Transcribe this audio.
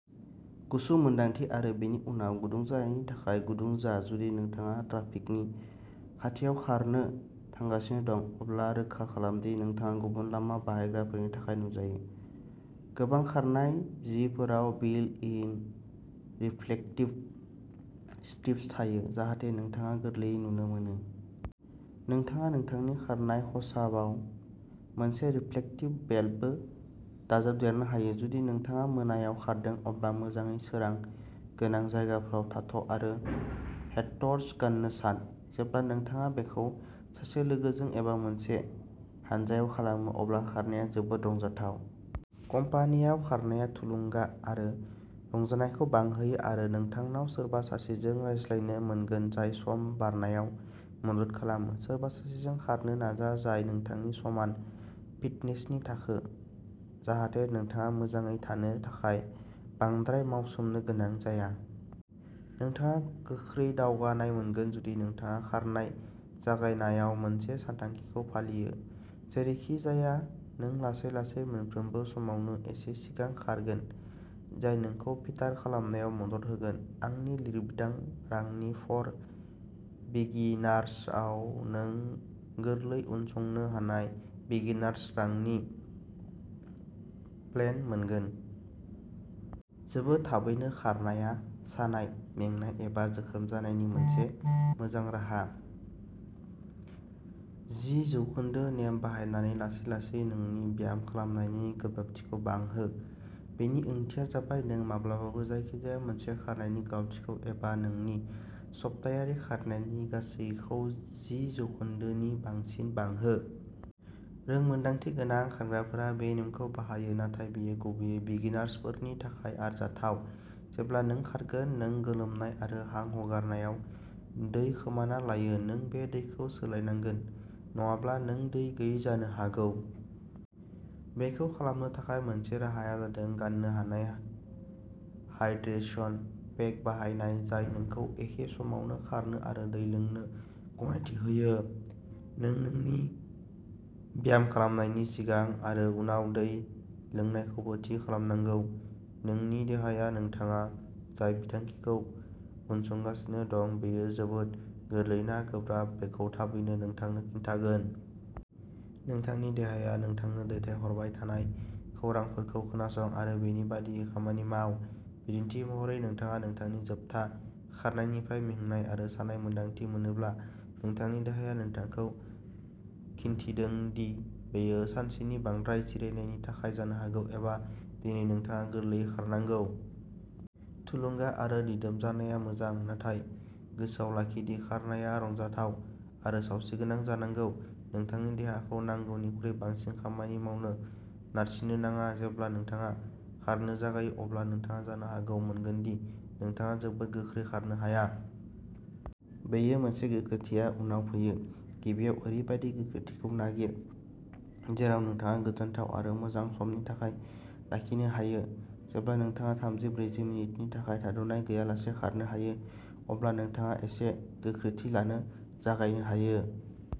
गुसु मोन्दांथि आरो बेनि उनाव गुदुं जानायनि थाखाय गुदुं जा जुदि नोंथाङा ट्राफिकनि खाथियाव खारनो थांगासिनो दं। अब्ला रोखा खालाम दि नोंथाङा गुबुन लामा बाहायग्राफोरनि थाखाय नुजायो। गोबां खारनाय जिफोराव बिल्ट इन रिफ्लेक्टिभ स्ट्रिप्स थायो, जाहाथे नोंथाङा गोरलैयै नुनो मोनो। नोंथाङा नोंथांनि खारनाय खसाबाव मोनसे रिफ्लेक्टिभ बेल्टबो दाजाबदेरनो हायो। जुदि नोंथाङा मोनायाव खारदों, अब्ला मोजाङै सोरां गोनां जायगाफोराव थाथ'आरो हेडटर्च गान्नो सान। जेब्ला नोंथाङा बेखौ सासे लोगोजों एबा मोनसे हानजायाव खालामो अब्ला खारनाया जोबोद रंजाथाव। कम्पानीआव खारनाया थुलुंगा आरो रंजानायखौ बांहोयो, आरो नोंथांनाव सोरबा सासेजों रायज्लायनो मोनगोन जाय सम बारनायाव मदद खालामो। सोरबा सासेजों खारनो नाजा जाय नोंथांनि समान फिटनेसनि थाखो, जाहाथे नोंथाङा मोजाङै थानो थाखाय बांद्राय मावसोमनो गोनां जाया। नोंथाङा गोख्रै दावगानाय मोनगोन जुदि नोंथाङा खारनाय जागायनायाव मोनसे सानथांखिखौ फालियो। जेरैखिजाया, नों लासै लासै मोनफ्रोमबो समावनो एसे सिगां खारगोन जाय नोंखौ फिटार खालामनायाव मदद होगोन। आंनि लिरबिदां रानिं फर बिगिनार्सआव नों गोरलै उनसंनो हानाय बिगिनार्स रानिं प्लेन मोनगोन। जोबोद थाबैनो खारनाया सानाय, मेंनाय एबा जोखोम जानायनि मोनसे मोजां राहा। जि जौखोन्दो नेम बाहायनानै लासै लासै नोंनि ब्यामखालामनायनि गोब्राबथिखौ बांहो। बेनि ओंथिया जाबाय नों माब्लाबाबो जायखिजाया मोनसे खारनायनि गोलावथिखौ एबा नोंनि सप्तायारि खारनायनि गासैखौ जि जौखोन्दो नि बांसिन बांहोआ। रोंमोन्दांथि गोनां खारग्राफोरा बे नेमखौ बाहायो, नाथाय बेयो गुबैयै बिगिनार्सफोरनि थाखाय आरजाथाव। जेब्ला नों खारगोन, नों गोलोमनाय आरो हां हगारनायाव दै खोमाना लायो। नों बे दैखौ सोलायनांगोन, नङाब्ला नों दै गैयै जानो हागौ। बेखौ खालामनो थाखाय मोनसे राहाया जादों गान्नो हानाय हाइड्रेशन पेक बाहायनाय जाय नोंखौ एखे समावनो खारनो आरो दै लोंनो गनायथि होयो। नों नोंनि ब्यामखालामनायनि सिगां आरो उनाव दै लोंनायखौबो थि खालामनांगौ। नोंनि देहाया नोंथाङा जाय बिथांखिखौ उनसंगासिनो दं बेयो जोबोद गोरलै ना गोब्राब बेखौ थाबैनो नोंथांनो खिन्थागोन। नोंथांनि देहाया नोंथांनो दैथायहरबाय थानाय खौरांफोरखौ खोनासं आरो बेनि बायदियै खामानि माव। बिदिन्थि महरै, नोंथाङा नोंथांनि जोबथा खारनायनिफ्राय मेंनाय आरो सानाय मोन्दांथि मोनोब्ला, नोंथांनि देहाया नोंथांखौ खिन्थिदों दि बेयो सानसेनि बांद्राय जिरायनायनि थाखाय जानो हागौ, एबा दिनै नोंथाङा गोरलैयै खारनांगौ। थुलुंगा आरो दिदोम जानाया मोजां, नाथाय गोसोआव लाखि दि खारनाया रंजाथाव आरो सावस्रिगोनां जानांगौ। नोंथांनि देहाखौ नांगौनिख्रुइ बांसिन खामानि मावनो नारसिननो नाङा। जेब्ला नोंथाङा खारनो जागायो, अब्ला नोंथाङा जानो हागौ मोनगोन दि नोंथाङा जोबोद गोख्रै खारनो हाया। बेयो मोजां गोख्रैथिया उनाव फैयो। गिबियाव, ओरैबायदि गोख्रैथिखौ नागिर जेराव नोंथाङा गोजोनथाव आरो मोजां समनि थाखाय लाखिनो हायो। जेब्ला नोंथाङा थामजि, ब्रैजि मिनिटनि थाखाय थाद'नाय गैयालासे खारनो हायो, अब्ला नोंथाङा एसे गोख्रैथि लानो जागायनो हायो।